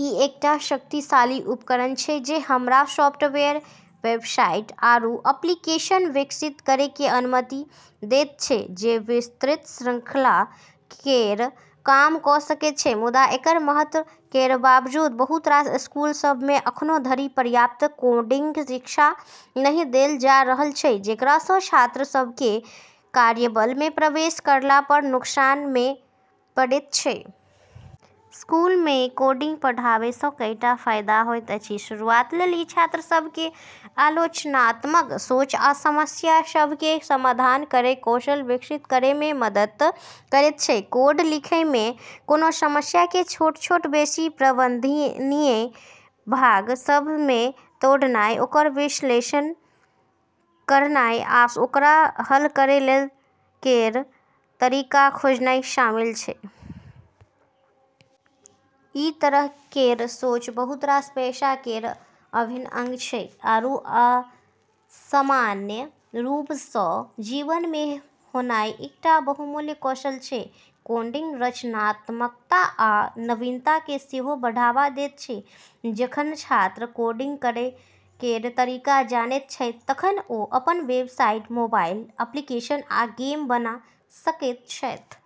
ई एकटा शक्तिशाली उपकरण छै जे हमरा सॉफ्टवेयर, वेबसाइट, आरू एप्लीकेशन विकसित करै केर अनुमति दैत छै जे विस्तृत श्रृंखला केर काम कऽ सकैत छै। मुदा एकर महत्व केर बावजूद बहुत रास स्कूल सभ मे अखनो धरि पर्याप्त कोडिंग शिक्षा नहि देल जा रहल छै, जेकरा सँ छात्र सभ केँ कार्यबल मे प्रवेश करला पर नुकसान मे पड़ैत छै। स्कूल मे कोडिंग पढ़ाबै सँ कईटा फायदा होइत अछि। शुरुआत लेल ई छात्र सभ केँ आलोचनात्मक सोच आ समस्या सभ केर समाधान केर कौशल विकसित करै मे मदद करैत छै। कोड लिखै मे कोनो समस्या केँ छोट-छोट, बेसी प्रबंधनीय भाग सभ मे तोड़नाय, ओकर विश्लेषण करनाय आ ओकरा हल करै केर तरीका खोजनाय शामिल छै। ई तरह केर सोच बहुत रास पेशा केर अभिन्न अंग छै आरू सामान्य रूप सँ जीवन मे होनाय एकटा बहुमूल्य कौशल छै। कोडिंग रचनात्मकता आ नवीनता केँ सेहो बढ़ावा दैत छै। जखन छात्र कोडिंग करै केर तरीका जानैत छैथ तखन ओ अपन वेबसाइट, मोबाइल एप्लीकेशन, आ गेम बना सकैत छैथ।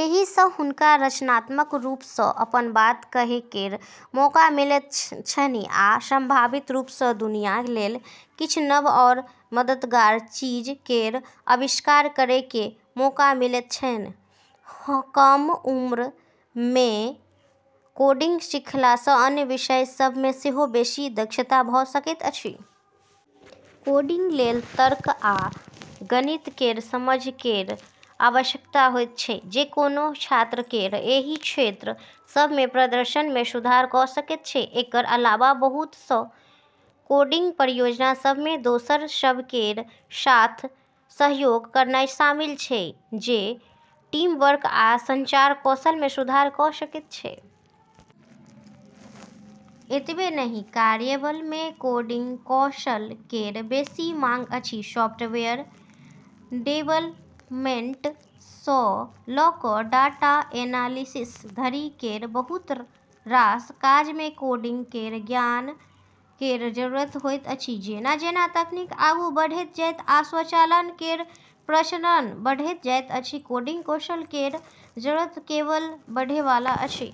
एहि सँ हुनका रचनात्मक रूप सँ अपन बात कहै केर मौका मिलैत छन्हि आ संभावित रूप सँ दुनिया लेल किछ नव आओर मददगार चीज केर आविष्कार करै केर मौका मिलैत छन्हि। कम उम्र मे कोडिंग सीखला सँ अन्य विषय सभ मे सेहो बेसी दक्षता भऽ सकैत अछि। कोडिंग लेल तर्क आ गणित केर समझ केर आवश्यकता होइत छै, जे कोनो छात्र केर एहि क्षेत्र सभ मे प्रदर्शन मे सुधार कऽ सकैत छै। एकर अलावा, बहुत सँ कोडिंग परियोजना सभ मे दोसर सभ केर साथ सहयोग करनाय शामिल छै, जे टीमवर्क आ संचार कौशल मे सुधार कऽ सकैत छै। एतबे नहि, कार्यबल मे कोडिंग कौशल केर बेसी माँग अछि। सॉफ्टवेयर डेवलपमेंट सँ लऽ कऽ डाटा एनालिसिस धरि केर बहुत रास काज मे कोडिंग केर ज्ञान केर जरूरत होइत अछि। जेना-जेना तकनीक आगू बढ़ैत जायत आ स्वचालन केर प्रचलन बढ़ैत जायत अछि, कोडिंग कौशल केर जरूरत केवल बढ़ै वाला अछि।